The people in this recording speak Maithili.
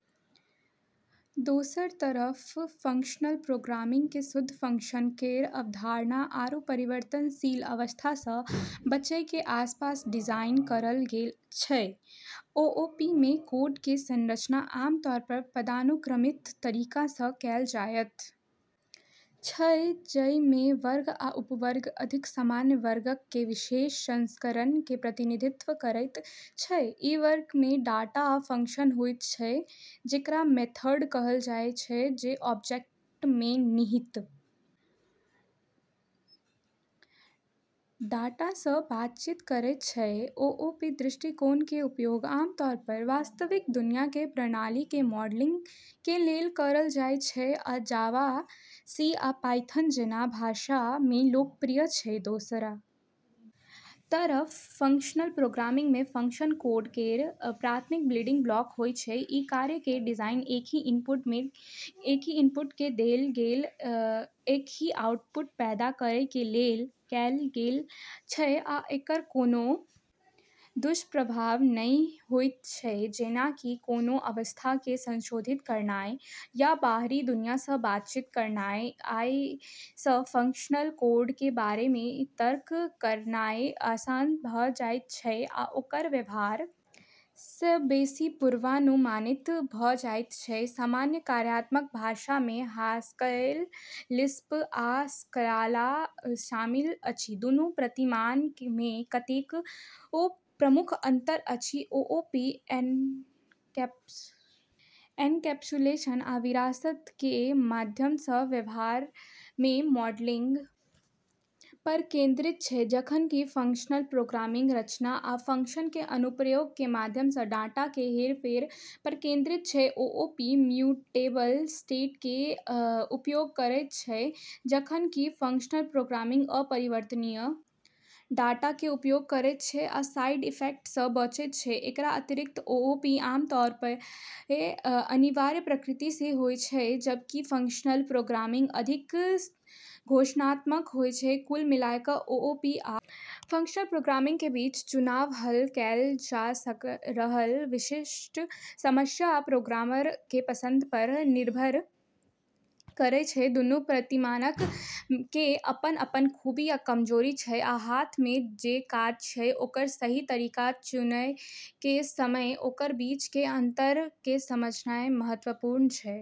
दोसरऽ तरफ फंक्शनल प्रोग्रामिंग क॑ शुद्ध फंक्शन केरऽ अवधारणा आरू परिवर्तनशील अवस्था स॑ बचै के आसपास डिजाइन करलऽ गेलऽ छै। ओओपी मे कोड कें संरचना आम तौर पर पदानुक्रमित तरीका सं कैल जायत छै, जइ मे वर्ग आ उपवर्ग अधिक सामान्य वर्गक कें विशेष संस्करणक कें प्रतिनिधित्व करयत छै, इ वर्गक मे डाटा आ फंक्शन होयत छै जेकरा मेथड कहल जायत छै जे ऑब्जेक्ट मे निहित डाटा सं बातचीत करयत छै, ओओपी दृष्टिकोण कें उपयोग आमतौर पर वास्तविक दुनिया कें प्रणाली कें मॉडलिंग कें लेल करल जाय छै आ जावा, सी आ पायथन जैना भाषाक मे लोकप्रिय छै, दोसरऽ तरफ, फंक्शनल प्रोग्रामिंग म॑ फंक्शन कोड केरऽ प्राथमिक बिल्डिंग ब्लॉक होय छै, ई कार्यक कें डिजाइन एकहि इनपुट कें देल गेलय एकहि आउटपुट पैदा करय कें लेल कैल गेल छै आ एकर कोनों दुष्प्रभाव नहि होयत छै जेना कि कोनों अवस्था कें संशोधित करनाय या बाहरी दुनिया सं बातचीत करनाय, अइ सं फंक्शनल कोड कें बारे मे तर्क करनाय आसान भ जायत छै आ ओकर व्यवहार मे बेसि पूर्वानुमानित भ जायत छै, सामान्य कार्यात्मक भाषा मे हास्केल, लिस्प आ स्काला शामिल अछि, दुनू प्रतिमान मे कतेको प्रमुख अंतर अछि, ओओपी एनकैप्सुलेशन आ विरासत कें माध्यम सं व्यवहार कें मॉडलिंग पर केंद्रित छै जखन कि फंक्शनल प्रोग्रामिंग रचना आ फंक्शन कें अनुप्रयोग कें माध्यम सं डाटा कें हेरफेर पर केंद्रित छै, ओओपी म्यूटेबल स्टेट कें उपयोग करयत छै जखन कि फंक्शनल प्रोग्रामिंग अपरिवर्तनीय डाटा कें उपयोग करयत छै आ साइड इफेक्ट सं बचयत छै, एकरऽ अतिरिक्त, ओओपी आम तौर पे अनिवार्य प्रकृति के होय छै, जबकि फंक्शनल प्रोग्रामिंग अधिक घोषणात्मक होय छै, कुल मिलाकय ओओपी आ फंक्शनल प्रोग्रामिंग कें बीच चुनाव हल कैल जा रहल विशिष्ट समस्या आ प्रोग्रामर कें पसंद पर निर्भर करय छै, दुनू प्रतिमानक कें अपन-अपन खूबी आ कमजोरी छै आ हाथ मे जे काज छै ओकर सही तरीका चुनय कें समय ओकर बीच कें अंतर कें समझनाय महत्वपूर्ण छै।